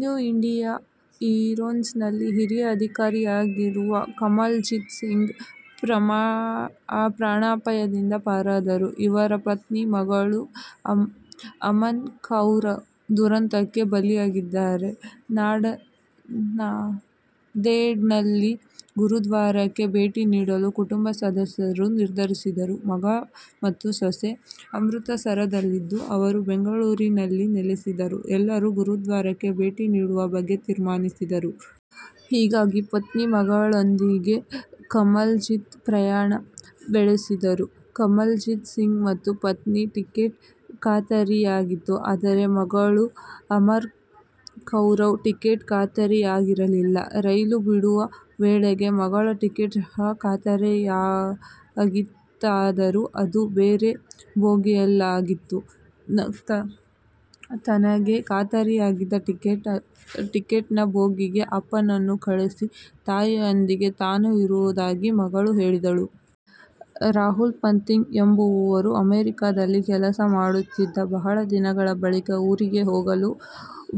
New India ಇರೋನ್ಸ್ನಲ್ಲಿ ಹಿರಿಯ ಅಧಿಕಾರಿಯಾಗಿರುವ ಕಮಲ್ಜಿತ್ ಸಿಂಗ್ ಪ್ರಾಣಾಪಾಯದಿಂದ ಪಾರಾದರು. ಇವರ ಪತ್ನಿ, ಮಗಳು ಅಮನ್ ಕೌರ್ ದುರಂತಕ್ಕೆ ಬಲಿಯಾಗಿದ್ದಾರೆ. ನಾಂದೇಡ್ನಲ್ಲಿನ ಗುರುದ್ವಾರಕ್ಕೆ ಭೇಟಿ ನೀಡಲು ಕುಟುಂಬ ಸದಸ್ಯರು ನಿರ್ಧರಿಸಿದ್ದರು. ಮಗ ಮತ್ತು ಸೊಸೆ ಅಮೃತಸರದಲ್ಲಿದ್ದು, ಅವರು ಬೆಂಗಳೂರಿನಲ್ಲಿ ನೆಲೆಸಿದ್ದರು. ಎಲ್ಲರೂ ಗುರುದ್ವಾರಕ್ಕೆ ಭೇಟಿ ನೀಡುವ ಬಗ್ಗೆ ತೀರ್ಮಾನಿಸಿದ್ದರು. ಹೀಗಾಗಿ ಪತ್ನಿ, ಮಗಳೊಂದಿಗೆ ಕಮಲ್ಜಿತ್ ಪ್ರಯಾಣ ಬೆಳೆಸಿದ್ದರು. ಕಮಲ್ಜಿತ್ ಸಿಂಗ್ ಮತ್ತು ಪತ್ನಿ ಟಿಕೆಟ್ ಖಾತರಿಯಾಗಿತ್ತು. ಆದರೆ, ಮಗಳು ಅಮನ್ ಕೌರ್ ಟಿಕೆಟ್ ಖಾತರಿಯಾಗಿರಲಿಲ್ಲ. ರೈಲು ಬಿಡುವ ವೇಳೆಗೆ ಮಗಳ ಟಿಕೆಟ್ ಸಹ ಖಾತರಿಯಾಗಿತ್ತಾದರೂ ಅದು ಬೇರೆ ಬೋಗಿಯಲಗಿತ್ತು. ತನಗೆ ಖಾತರಿಯಾಗಿದ್ದ ಟಿಕೆಟ್ನ ಬೋಗಿಗೆ ಅಪ್ಪನನ್ನು ಕಳುಹಿಸಿ ತಾಯಿಯೊಂದಿಗೆ ತಾನು ಇರುವುದಾಗಿ ಮಗಳು ಹೇಳಿದ್ದಳು. ರಾಹುಲ್ ಪತಿಂಗ್ ಎಂಬುವವರು ಅಮೆರಿಕದಲ್ಲಿ ಕೆಲಸ ಮಾಡುತ್ತಿದ, ಬಹಳ ದಿನಗಳ ಬಳಿಕ ಊರಿಗೆ ಹೋಗಲು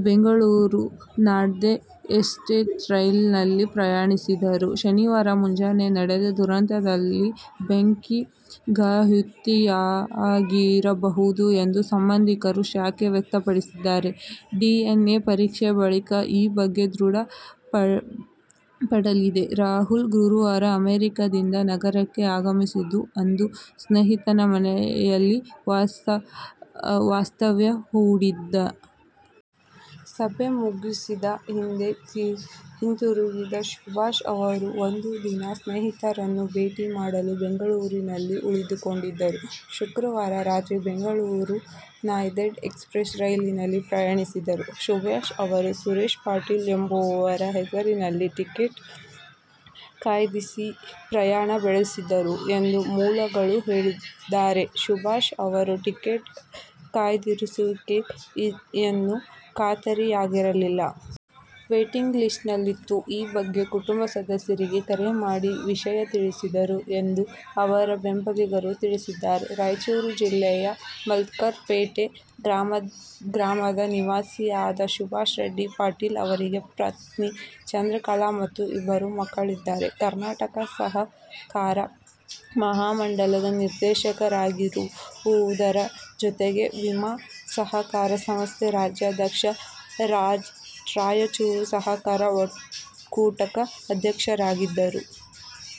ಬೆಂಗಳೂರು-ನಾಂದೇ ಎಕ್ಸ್ಪ್ರೆಸ್ ರೈಲಿನಲ್ಲಿ ಪ್ರಯಾಣಿಸಿದ್ದರು. ಶನಿವಾರ ಮುಂಜಾನೆ ನಡೆದ ದುರಂತದಲ್ಲಿ ಬೆಂಕಿಗಾಹುತಿಯಾಗಿರಬಹುದು ಎಂದು ಸಂಬಂಧಿಕರು ಶಾಕೆ ವ್ಯಕ್ತಪಡಿಸಿದ್ದಾರೆ. ಡಿಎನ್ಎ ಪರೀಕ್ಷೆ ಬಳಿಕ ಈ ಬಗ್ಗೆ ದೃಢ ಪಡಲಿದೆ. ರಾಹುಲ್ ಗುರುವಾರ ಅಮೆರಿಕಾದಿಂದ ನಗರಕ್ಕೆ ಆಗಮಿಸಿದ್ದು, ಅಂದು ಸ್ನೇಹಿತನ ಮನೆಯಲ್ಲಿ ವಾಸ್ತವ್ಯ ಹೂಡಿದ್ದ. ಸಭೆ ಮುಗಿಸಿದ ಇಂದೆ ಹಿಂತಿರುಗಿದ ಸುಭಾಷ್ ಅವರು ಒಂದು ದಿನ ಸ್ನೇಹಿತರನ್ನು ಭೇಟಿ ಮಾಡಲು ಬೆಂಗಳೂರಿನಲ್ಲಿ ಉಳಿದುಕೊಂಡಿದ್ದರು. ಶುಕ್ರವಾರ ರಾತ್ರಿ ಬೆಂಗಳೂರು-ನಾಂದೇಡ್ ಎಕ್ಸ್ಪ್ರೆಸ್ ರೈಲಿನಲ್ಲಿ ಪ್ರಯಾಣಿಸಿದ್ದರು. ಸುಭಾಷ್ ಅವರು ಸುರೇಶ್ ಪಾಟೀಲ್ ಎಂಬುವವರ ಹೆಸರಲ್ಲಿ ಟಿಕೆಟ್ ಕಾಯ್ದಿರಸಿ ಪ್ರಯಾಣ ಬೆಳೆಸಿದ್ದರು ಎಂದು ಮೂಲಗಳು ಹೇಳಿದರೆ, ಸುಭಾಷ್ ಅವರ ಟಿಕೆಟ್ ಕಾಯ್ದಿರಿಸುವಿಕೆ ಎನ್ನು ಖಾತರಿಯಾಗಿರಲಿಲ್ಲ. ವೇಟಿಂಗ್ ಲಿಸ್ಟ್ನಲ್ಲಿತ್ತು. ಈ ಬಗ್ಗೆ ಕುಟುಂಬ ಸದಸ್ಯರಿಗೆ ಕರೆ ಮಾಡಿ ವಿಷಯ ತಿಳಿಸಿದ್ದರು ಎಂದು ಅವರ ಬೆಂಬಲಿಗರು ತಿಳಿಸಿದ್ದಾರೆ. ರಾಯಚೂರು ಜಿಲ್ಲೆಯ ಮತ್ಕಲ್ ಪೇಟೆ ಗ್ರಾಮದ ನಿವಾಸಿಯಾದ ಸುಭಾಷ್ ರೆಡ್ಡಿ ಪಾಟೀಲ್ ಅವರಿಗೆ ಪತ್ನಿ ಚಂದ್ರಕಲಾ ಮತ್ತು ಇಬ್ಬರು ಮಕ್ಕಳಿದ್ದಾರೆ. ಕರ್ನಾಟಕ ಸಹಕಾರ ಮಹಾಮಂಡಲದ ನಿರ್ದೇಶಕರಾಗಿರುವುದರ ಜತೆಗೆ ವಿಮಾ ಸಹಕಾರ ಸಂಸ್ಥೆ ರಾಜ್ಯಾಧ್ಯಕ್ಷ, ರಾಯಚೂರು ಸಹಕಾರ ಒಕ್ಕೂಟಕಾ ಅಧ್ಯಕ್ಷರಾಗಿದ್ದಾರೆ.